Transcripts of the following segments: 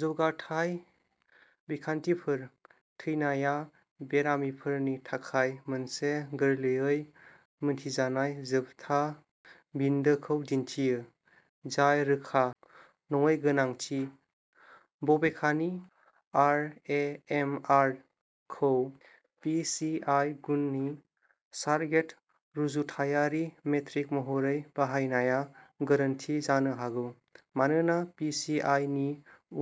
जौगाथाय बिखान्थिफोर। थैनायआ बेरामिफोरनि थाखाय मोनसे गोरलैयै मिन्थिजानाय जोबथा बिन्दोखौ दिन्थियो, जाय रोखा नङै गोनांथि। बबेखानि, आर ए एम आर खौ पि सि आइ गुननि सार'गेट रुजुथायारि मेट्रिक महरै बाहायनाया गोरोन्थि जानो हागौ, मानोना पि सि आइ नि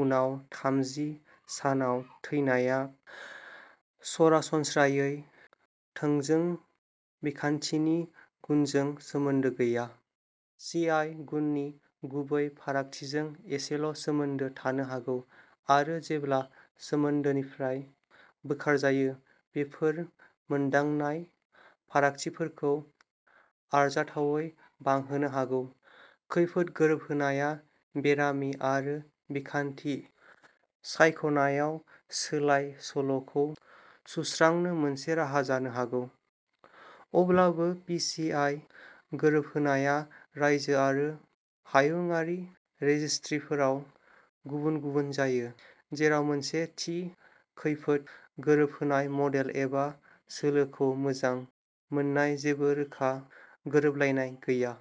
उनाव थामजि सानाव थैनायआ सरासनस्रायै थोंजों बिखान्थिनि गुनजों सोमोन्दो गैया। सि आइ गुननि गुबै फारागथिजों एसेल' सोमोन्दो थानो हागौ, आरो जेब्ला सोमोन्दोनिफ्राय बोखारजायो, बेफोर मोनदांनाय फारागथिफोरखौ आरजाथावै बांहोनो हागौ। खैफोद गोरोबहोनायआ बेरामि आरो बिखान्थि सायख'नायाव सोलाय सोल'खौ सुस्रांनो मोनसे राहा जानो हागौ। अब्लाबो पि सि आइ गोरोबहोनायआ रायजो आरो हायुंआरि रेजिस्ट्रिफोराव गुबुन गुबुन जायो, जेराव मोनसे थि खैफोद गोरोबहोनाय मडेल एबा सोलोखौ मोजां मोननाय जेबो रोखा गोरोबलायनाय गैया।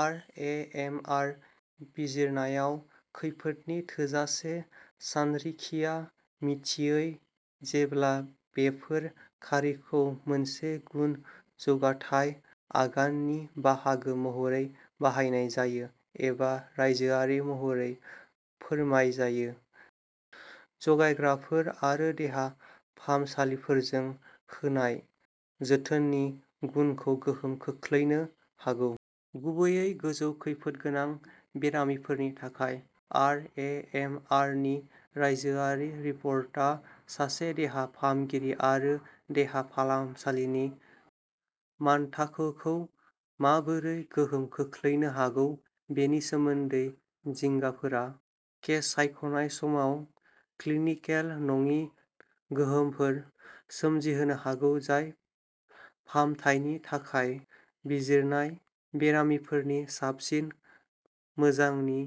आर ए एम आर बिजिरनायाव खैफोदनि थोजासे सानरिखिया मिथियै जेब्ला बेफोर खारिखौ मोनसे गुन जौगाथाय आगाननि बाहागो महरै बाहायनाय जायो एबा रायजोआरि महरै फोरमायजायो जगायग्राफोर आरो देहा फाहामसालिफोरजों होनाय जोथोननि गुनखौ गोहोम खोख्लैनो हागौ। गुबैयै गोजौ खैफोदगोनां बेरामिफोरनि थाखाय, आर ए एम आर नि रायजोआरि रिपर्टिंआ सासे देहा फाहामगिरि आरो देहा फाहामसालिनि मानथाखोखौ माबोरै गोहोम खोख्लैनो हागौ बेनि सोमोन्दै जिंगाफोरा केस सायख'नाय समाव क्लिनिकेल नङि गोहोमफोर सोमजिहोनो हागौ जाय फाहामथायनि थाखाय बिजिरजानाय बेरामिफोरनि साबसिन मोजांनि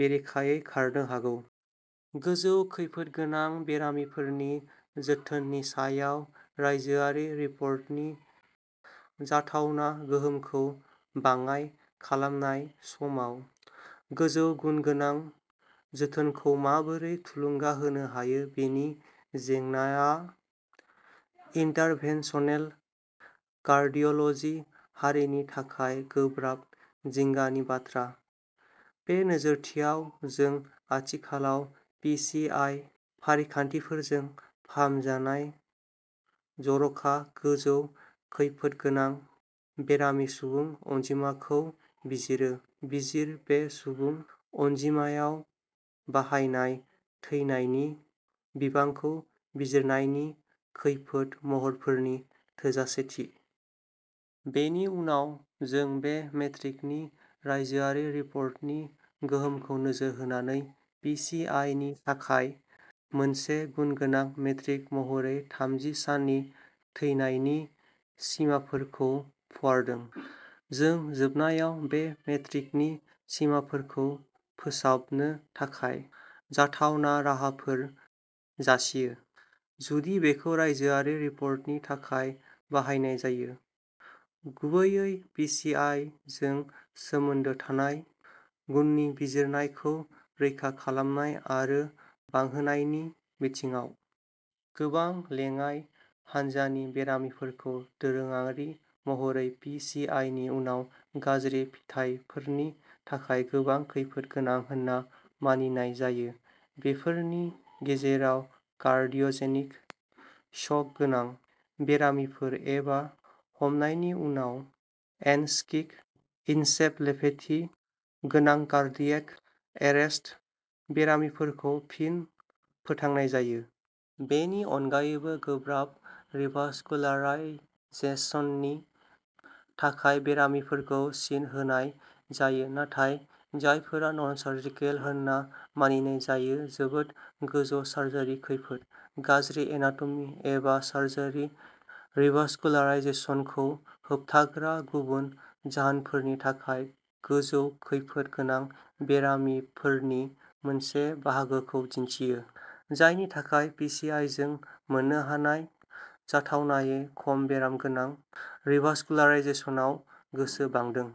बेरेखायै खारनो हागौ। गोजौ खैफोदगोनां बेरामिफोरनि जोथोननि सायाव रायजोआरि रिपर्टिंनि जाथावना गोहोमखौ बाङाइ खालामनाय समाव गोजौ गुनगोनां जोथोनखौ माबोरै थुलुंगा होनो हायो बेनि जेंनाआ इन्टारभेनसनेल कार्डिय'ल'जि हारिनि थाखाय गोब्राब जिंगानि बाथ्रा। बे नोजोरथियाव, जों आथिखालाव पि सि आइ फारिखान्थिफोरजों फाहामजानाय जर'खा गोजौ खैफोदगोनां बेरामि सुबुं अनजिमाखौ बिजिरो, बिजिर बे सुबुं अनजिमायाव बाहायनाय थैनायनि बिबांखौ बिजिरनायनि खैफोद महरफोरनि थोजासेथि। बेनि उनाव जों बे मेट्रिकनि रायजोआरि रिपर्टिंनि गोहोमखौ नोजोर होनानै, पि सि आइ नि थाखाय मोनसे गुनगोनां मेट्रिक महरै थामजि साननि थैनायनि सिमाफोरखौ फुवारदों। जों जोबनायाव बे मेट्रिकनि सिमाफोरखौ फोसाबनो थाखाय जाथावना राहाफोर जासियो, जुदि बेखौ रायजोआरि रिपर्टिंनि थाखाय बाहायनाय जायो, गुबैयै पि सि आइ जों सोमोन्दो थानाय गुननि बिजिरनायखौ रैखा खालामनाय आरो बांहोनायनि बिथिङाव। गोबां लेङाइ हान्जानि बेरामिफोरखौ दोरोङारि महरै पि सि आइ नि उनाव गाज्रि फिथायफोरनि थाखाय गोबां खैफोद गोनां होनना मानिनाय जायो। बेफोरनि गेजेराव कार्डिय'जेनिक शक गोनां बेरामिफोर एबा हमनायनि उनाव एन'क्सिक एन्सेफ'लेपेथि गोनां कार्डियेक एरेस्ट बेरामिफोरखौ फिन फोथांनाय जायो। बेनि अनगायैबो, गोब्राब रिभास्कुलाराइजेसननि थाखाय बेरामिफोरखौ सिन होनाय जायो नाथाय जायफोरा ननसर्जिकेल होनना मानिनाय जायो जोबोद गोजौ सार्जारि खैफोद, गाज्रि एनाट'मि, एबा सार्जारि रिभास्कुलाराइजेसनखौ होबथाग्रा गुबुन जाहोनफोरनि थाखाय गोजौ खैफोद गोनां बेरामिफोरनि मोनसे बाहागोखौ दिन्थियो, जायनि थाखाय पि सि आइ जों मोननो हानाय जाथावनायै खम बेराम गोनां रिभास्कुलाराइजेसनाव गोसो बांदों।